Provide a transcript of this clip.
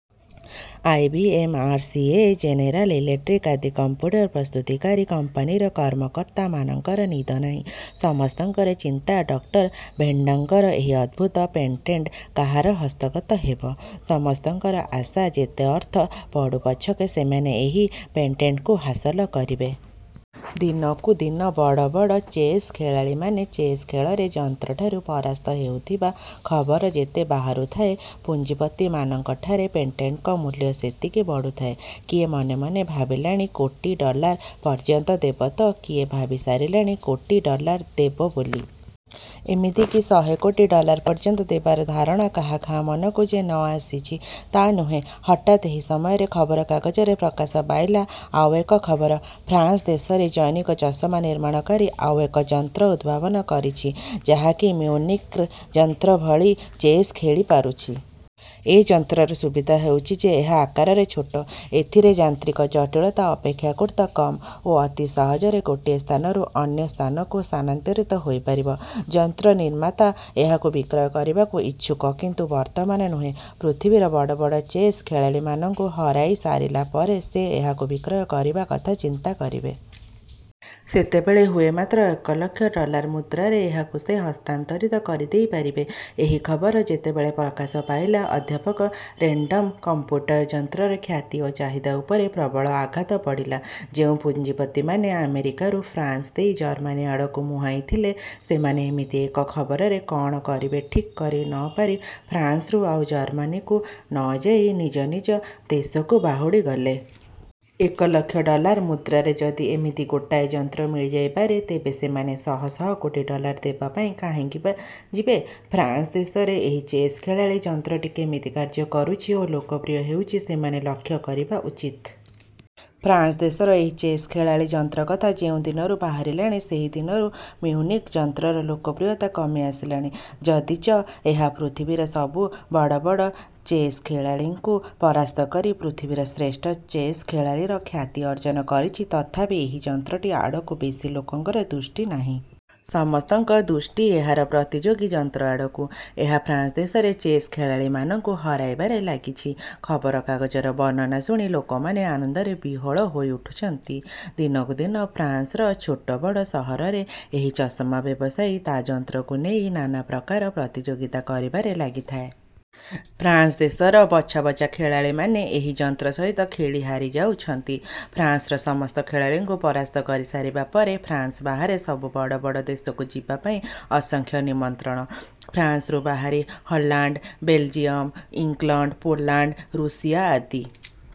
I. B. M. R: C. A., general electric ଆଦି computer ପ୍ରସ୍ତୁତିକାରୀ କମ୍ପାନୀର କର୍ମକର୍ତ୍ତାମାନଙ୍କରନିଦ ନାହିଁ। ସମସ୍ତଙ୍କର ଚିନ୍ତା ଡକ୍ଟର ଭେର୍ନନ୍ଙ୍କର ଏହି ଅଦ୍ଭୁତ ପେଟେଣ୍ଟ କାହାର ହସ୍ତଗତ ହେବ? ସମସ୍ତଙ୍କର ଆଶା, ଯେତେ ଅର୍ଥ ପଡ଼ୁପଛକେ ସେମାନେ ଏହି ପେଟେଣ୍ଟକୁ ହାସଲ କରିବେ। ଦିନକୁ ଦିନ ବଡ଼ ବଡ଼ ଚେସ୍ ଖେଳାଳୀମାନେ ଚେସ୍ ଖେଳରେ ଯନ୍ତ୍ରଠାରୁ ପରାସ୍ତ ହେଉଥିବା ଖବର ଯେତେ ବାହାରୁଥାଏ, ପୁଞ୍ଜିପତିମାନଙ୍କ ଠାରେ ପେଟେଣ୍ଟର ମୂଲ୍ୟ ସେତିକି ବଢ଼ୁଥାଏ। କିଏ ମନେ ମନେ ଭାବିଲାଣି କୋଟି ଡଲାର ପର୍ଯ୍ୟନ୍ତ ଦେବ ତ କିଏ ଭାବି ସାରିଲାଣି କୋଟି ଡଲାର ଦେବ ବୋଲି। ଏମିତିକି ଶହେ କୋଟି ଡଲାର ପର୍ଯ୍ୟନ୍ତ ଦେବାର ଧାରଣା କାହା କାହା ମନକୁ ଯେ ନ ଆସିଛି, ତା ନୁହେଁ-। ହଠାତ୍ ଏହି ସମୟରେ ଖବରକାଗଜରେ ପ୍ରକାଶ ପାଇଲା ଆଉ ଏକ ଖବର। ଫ୍ରାନ୍ସ ଦେଶର ଜନୈକ ଚଷମାନିର୍ମାଣକାରୀ ଆଉ ଏକ ଯନ୍ତ୍ର ଉଦ୍ଭାବନ କରିଛି; ଯାହାକି ମିଉନିକ୍ର ଯନ୍ତ୍ର ଭଳି ଚେସ୍ ଖେଳିପାରୁଛି। ଏ ଯନ୍ତ୍ରର ସୁବିଧା ହେଉଛି ଯେ ଏହା ଆକାରରେ ଛୋଟ, ଏଥିରେ ଯାନ୍ତ୍ରିକ ଜଟିଳତା ଅପେକ୍ଷାକୃତ କମ୍ ଓ ଅତି ସହଜରେ ଗୋଟିଏ ସ୍ଥାନରୁ ଅନ୍ୟ ସ୍ଥାନକୁ ସ୍ଥାନାନ୍ତରିତ ହୋଇପାରିବ। ଯନ୍ତ୍ରନିର୍ମାତା ଏହାକୁ ବିକ୍ରୟ କରିବାକୁ ଇଚ୍ଛୁକ; କିନ୍ତୁ ବର୍ତ୍ତମାନ ନୁହେ। ପୃଥିବୀର ବଡ଼ ବଡ଼ ଚେସ୍ ଖେଳାଳୀମାନଙ୍କୁ ହରାଇସାରିଲା ପରେ ସେ ଏହାକୁ ବିକ୍ରୟ କରିବା କଥା ଚିନ୍ତାକରିବେ। ସେତେବେଳେ ହୁଏ ମାତ୍ର ଏକ ଲକ୍ଷ ଡଲାର ମୁଦ୍ରାରେ ଏହାକୁ ସେ ହସ୍ତାନ୍ତରିତ କରିଦେଇପାରିବେ। ଏହି ଖବର ଯେତେବେଳେ ପ୍ରକାଶ ପାଇଲା, ଅଧ୍ୟାପକ ଭେର୍ନନ୍ଙ୍କ କଂପ୍ୟୁଟର ଯନ୍ତ୍ରର ଖ୍ୟାତି ଓ ଚାହିଦା ଉପରେ ପ୍ରବଳ ଆଘାତ ପଡ଼ିଲା। ଯେଉଁ ପୁଞ୍ଜିପତିମାନେ ଆମେରିକାରୁ ଫ୍ରାନ୍ସ ଦେଇ ଜର୍ମାନୀ ଆଡ଼କୁ ମୁହାଁଇଥିଲେ, ସେମାନେ ଏମିତି ଏକ ଖବରରେ କଣ କରିବେ ଠିକ୍ କରି ନ ପାରି ଫ୍ରାନ୍ସରୁ ଆଉ ଜର୍ମାନୀକୁ ନ ଯାଇ ନିଜ ନିଜ ଦେଶକୁ ବାହୁଡ଼ିଗଲେ। ଏକ ଲକ୍ଷ ଡଲାର ମୁଦ୍ରାରେ ଯଦି ଏମିତି ଗୋଟିଏ ଯନ୍ତ୍ର ମିଳିଯାଇପାରେ, ତେବେ ସେମାନେ ଶହ ଶହ କୋଟି ଡଲାର ଦେବା ପାଇଁ କାହିଁକି ବା ଯିବେ? ଫ୍ରାନ୍ସ ଦେଶର ଏହି ଚେସ୍ ଖେଳାଳୀ ଯନ୍ତ୍ରଟି କେମିତି କାର୍ଯ୍ୟ କରୁଛି ଓ ଲୋକପ୍ରିୟ ହେଉଛି, ସେମାନେ ଲକ୍ଷ୍ୟ କରିବା ଉଚିତ। ଫ୍ରାନ୍ସ ଦେଶର ଏହି ଚେସ୍ ଖେଳାଳୀ ଯନ୍ତ୍ର କଥା ଯେଉଁ ଦିନରୁ ବାହାରିଲାଣି, ସେଦିନରୁ ମିଉନିକ ଯନ୍ତ୍ରର ଲୋକପ୍ରିୟତା କମିଆସିଲାଣି। ଯଦିଚ ଏହା ପୃଥିବୀର ସବୁ ବଡ଼ ବଡ଼ ଚେସ୍ଖେଳାଳୀଙ୍କୁ ପରାସ୍ତ କରି ପୃଥିବୀର ଶ୍ରେଷ୍ଠ ଚେସ୍ ଖେଳାଳୀର ଖ୍ୟାତି ଅର୍ଜନ କରିଛି, ତଥାପି ଏହି ଯନ୍ତ୍ରଟି ଆଡ଼କୁ ବେଶୀ ଲୋକଙ୍କର ଦୃଷ୍ଟି ନାହିଁ। ସମସ୍ତଙ୍କ ଦୃଷ୍ଟି ଏହାର ପ୍ରତିଯୋଗୀ ଯନ୍ତ୍ରଆଡ଼କୁ। ଏହା ଫ୍ରାନ୍ସଦେଶରେ ଚେସ୍ ଖେଳାଳୀମାନଙ୍କୁ ହରାଇବାରେ ଲାଗିଛି। ଖବରକାଗଜର ବର୍ଣ୍ଣନା ଶୁଣି ଲୋକମାନେ ଆନନ୍ଦରେ ବିହୋଳ ହୋଇଉଠୁଛନ୍ତି। ଦିନକୁ ଦିନ ଫ୍ରାନ୍ସର ଛୋଟ ବଡ଼ ସହରରେ ଏହି ଚଷମା-ବ୍ୟବସାୟୀ ତା ଯନ୍ତ୍ରକୁ ନେଇ ନାନା ପ୍ରକାର ପ୍ରତିଯୋଗିତା କରିବାରେ ଲାଗିଥାଏ। ଫ୍ରାନ୍ସ ଦେଶର ବଛା ବଛା ଖେଳାଳୀମାନେ ଏହି ଯନ୍ତ୍ର ସହିତ ଖେଳି ହାରିଯାଉଥାନ୍ତି। ଫ୍ରାନ୍ସର ସମସ୍ତ ଖେଳାଳୀଙ୍କୁ ପରାସ୍ତ କରି ସାରିବା ପରେ ଫ୍ରାନ୍ସ ବାହାରେ ସବୁ ବଡ଼ ବଡ଼ ଦେଶକୁ ଯିବା ପାଇଁ ଅସଂଖ୍ୟ ନିମନ୍ତ୍ରଣ। ଫ୍ରାନ୍ସରୁ ବାହାରି Holland, Belgium, England, Poland, Russia. ଆଦି